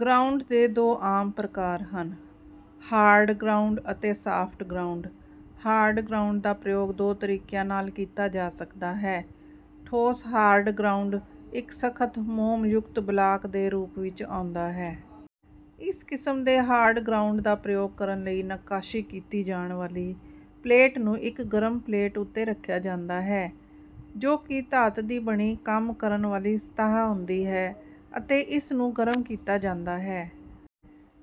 Ground ਦੇ ਦੋ ਆਮ ਪ੍ਰਕਾਰ ਹਨ: ਹਾਰਡ ਗਰਾਉਂਡ ਅਤੇ ਸਾਫਟ ਗਰਾਉਂਡ। ਹਾਰਡ ਗਰਾਉਂਡ ਦਾ ਪ੍ਰਯੋਗ ਦੋ ਤਰੀਕਿਆਂ ਨਾਲ ਕੀਤਾ ਜਾ ਸਕਦਾ ਹੈ। ਠੋਸ ਹਾਰਡ ਗਰਾਉਂਡ ਇੱਕ ਸਖ਼ਤ ਮੋਮਯੁਕਤ ਬਲਾਕ ਦੇ ਰੂਪ ਵਿੱਚ ਆਉਂਦਾ ਹੈ। ਇਸ ਕਿਸਮ ਦੇ ਹਾਰਡ ਗਰਾਉਂਡ ਦਾ ਪ੍ਰਯੋਗ ਕਰਨ ਲਈ ਨੱਕਾਸ਼ੀ ਕੀਤੀ ਜਾਣ ਵਾਲੀ ਪਲੇਟ ਨੂੰ ਇੱਕ ਗਰਮ ਪਲੇਟ ਉੱਤੇ ਰੱਖਿਆ ਜਾਂਦਾ ਹੈ, ਜੋ ਕਿ ਧਾਤ ਦੀ ਬਣੀ ਕੰਮ ਕਰਨ ਵਾਲੀ ਸਤ੍ਹਾ ਹੁੰਦੀ ਹੈ ਅਤੇ ਇਸਨੂੰ ਗਰਮ ਕੀਤਾ ਜਾਂਦਾ ਹੈ।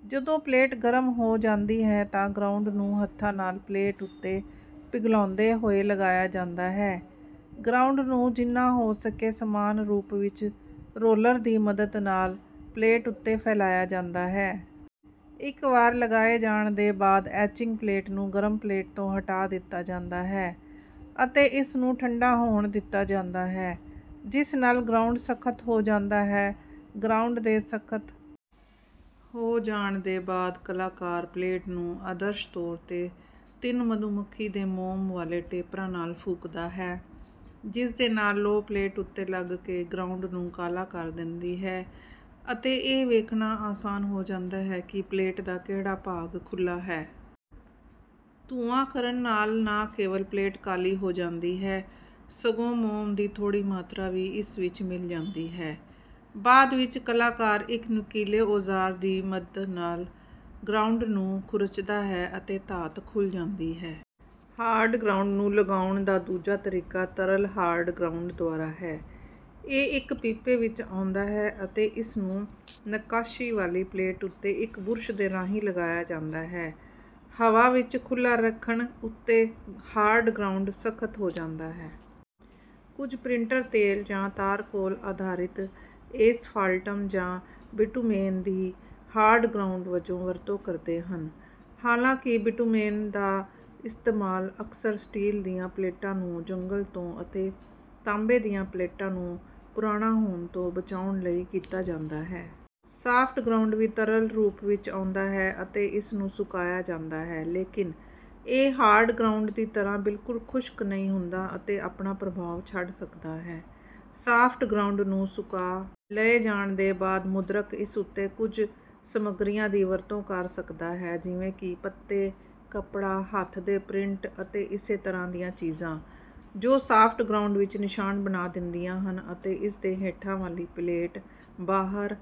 ਜਦੋਂ ਪਲੇਟ ਗਰਮ ਹੋ ਜਾਂਦੀ ਹੈ ਤਾਂ ਗਰਾਉਂਡ ਨੂੰ ਹੱਥਾਂ ਨਾਲ ਪਲੇਟ ਉੱਤੇ ਪਿਘਲਾਉਂਦੇ ਹੋਏ ਲਗਾਇਆ ਜਾਂਦਾ ਹੈ। ਗਰਾਉਂਡ ਨੂੰ ਜਿੰਨਾ ਹੋ ਸਕੇ ਸਮਾਨ ਰੂਪ ਵਿੱਚ ਰੌਲਰ ਦੀ ਮਦਦ ਨਾਲ ਪਲੇਟ ਉੱਤੇ ਫੈਲਾਇਆ ਜਾਂਦਾ ਹੈ। ਇੱਕ ਵਾਰ ਲਗਾਏ ਜਾਣ ਦੇ ਬਾਅਦ ਐਚਿੰਗ ਪਲੇਟ ਨੂੰ ਗਰਮ ਪਲੇਟ ਤੋਂ ਹਟਾ ਦਿੱਤਾ ਜਾਂਦਾ ਹੈ ਅਤੇ ਇਸਨੂੰ ਠੰਢਾ ਹੋਣ ਦਿੱਤਾ ਜਾਂਦਾ ਹੈ, ਜਿਸ ਨਾਲ ਗਰਾਉਂਡ ਸਖ਼ਤ ਹੋ ਜਾਂਦਾ ਹੈ। ਗਰਾਉਂਡ ਦੇ ਸਖ਼ਤ ਹੋ ਜਾਣ ਦੇ ਬਾਅਦ ਕਲਾਕਾਰ ਪਲੇਟ ਨੂੰ ਆਦਰਸ਼ ਤੌਰ 'ਤੇ ਤਿੰਨ ਮਧੂਮੱਖੀ ਦੇ ਮੋਮ ਵਾਲੇ ਟੇਪਰਾਂ ਨਾਲ ਫੂਕਦਾ ਹੈ, ਜਿਸਦੇ ਨਾਲ ਲੌ ਪਲੇਟ ਉੱਤੇ ਲੱਗ ਕੇ ਗਰਾਉਂਡ ਨੂੰ ਕਾਲਾ ਕਰ ਦਿੰਦੀ ਹੈ ਅਤੇ ਇਹ ਵੇਖਣਾ ਆਸਾਨ ਹੋ ਜਾਂਦਾ ਹੈ ਕਿ ਪਲੇਟ ਦਾ ਕਿਹੜਾ ਭਾਗ ਖੁੱਲ੍ਹਾ ਹੈ। ਧੂੰਆਂ ਕਰਨ ਨਾਲ ਨਾ ਕੇਵਲ ਪਲੇਟ ਕਾਲੀ ਹੋ ਜਾਂਦੀ ਹੈ ਸਗੋਂ ਮੋਮ ਦੀ ਥੋੜ੍ਹੀ ਮਾਤਰਾ ਵੀ ਇਸ ਵਿੱਚ ਮਿਲ ਜਾਂਦੀ ਹੈ। ਬਾਅਦ ਵਿੱਚ ਕਲਾਕਾਰ ਇੱਕ ਨੁਕੀਲੇ ਔਜ਼ਾਰ ਦੀ ਮਦ ਨਾਲ ਗਰਾਉਂਡ ਨੂੰ ਖੁਰਚਦਾ ਹੈ ਅਤੇ ਧਾਤ ਖੁੱਲ੍ਹ ਜਾਂਦੀ ਹੈ। ਹਾਰਡ ਗਰਾਉਂਡ ਨੂੰ ਲਗਾਉਣ ਦਾ ਦੂਜਾ ਤਰੀਕਾ ਤਰਲ ਹਾਰਡ ਗਰਾਉਂਡ ਦੁਆਰਾ ਹੈ। ਇਹ ਇੱਕ ਪੀਪੇ ਵਿੱਚ ਆਉਂਦਾ ਹੈ ਅਤੇ ਇਸਨੂੰ ਨੱਕਾਸ਼ੀ ਵਾਲੀ ਪਲੇਟ ਉੱਤੇ ਇੱਕ ਬੁਰਸ਼ ਦੇ ਰਾਹੀਂ ਲਗਾਇਆ ਜਾਂਦਾ ਹੈ। ਹਵਾ ਵਿੱਚ ਖੁੱਲ੍ਹਾ ਰੱਖਣ ਉੱਤੇ ਹਾਰਡ ਗਰਾਉਂਡ ਸਖ਼ਤ ਹੋ ਜਾਂਦਾ ਹੈ। ਕੁਝ ਪ੍ਰਿੰਟਰ ਤੇਲ ਜਾਂ ਤਾਰਕੋਲ ਆਧਾਰਿਤ ਏਸਫਾਲਟਮ ਜਾਂ ਬਿਟੁਮੇਨ ਦੀ ਹਾਰਡ ਗਰਾਉਂਡ ਵਜੋਂ ਵਰਤੋਂ ਕਰਦੇ ਹਨ, ਹਾਲਾਂਕਿ ਬਿਟੁਮੇਨ ਦਾ ਇਸਤੇਮਾਲ ਅਕਸਰ ਸਟੀਲ ਦੀਆਂ ਪਲੇਟਾਂ ਨੂੰ ਜੰਗਾਲ ਤੋਂ ਅਤੇ ਤਾਂਬੇ ਦੀਆਂ ਪਲੇਟਾਂ ਨੂੰ ਪੁਰਾਣਾ ਹੋਣ ਤੋਂ ਬਚਾਉਣ ਲਈ ਕੀਤਾ ਜਾਂਦਾ ਹੈ। ਸਾਫਟ ਗਰਾਉਂਡ ਵੀ ਤਰਲ ਰੂਪ ਵਿੱਚ ਆਉਂਦਾ ਹੈ ਅਤੇ ਇਸਨੂੰ ਸੁਕਾਇਆ ਜਾਂਦਾ ਹੈ, ਲੇਕਿਨ ਇਹ ਹਾਰਡ ਗਰਾਉਂਡ ਦੀ ਤਰ੍ਹਾਂ ਬਿਲਕੁਲ ਖੁਸ਼ਕ ਨਹੀਂ ਹੁੰਦਾ ਅਤੇ ਆਪਣਾ ਪ੍ਰਭਾਵ ਛੱਡ ਸਕਦਾ ਹੈ। ਸਾਫਟ ਗਰਾਉਂਡ ਨੂੰ ਸੁਕਾ ਲਏ ਜਾਣ ਦੇ ਬਾਅਦ ਮੁਦਰਕ ਇਸ ਉੱਤੇ ਕੁਝ ਸਮੱਗਰੀਆਂ ਦੀ ਵਰਤੋਂ ਕਰ ਸਕਦਾ ਹੈ ਜਿਵੇਂ ਕਿ ਪੱਤੇ, ਕੱਪੜਾ, ਹੱਥ ਦੇ ਪ੍ਰਿੰਟ ਅਤੇ ਇਸੇ ਤਰ੍ਹਾਂ ਦੀਆਂ ਚੀਜ਼ਾਂ, ਜੋ ਸਾਫਟ ਗਰਾਉਂਡ ਵਿੱਚ ਨਿਸ਼ਾਨ ਬਣਾ ਦਿੰਦੀਆਂ ਹਨ ਅਤੇ ਇਸਦੇ ਹੇਠਾਂ ਵਾਲੀ ਪਲੇਟ ਬਾਹਰ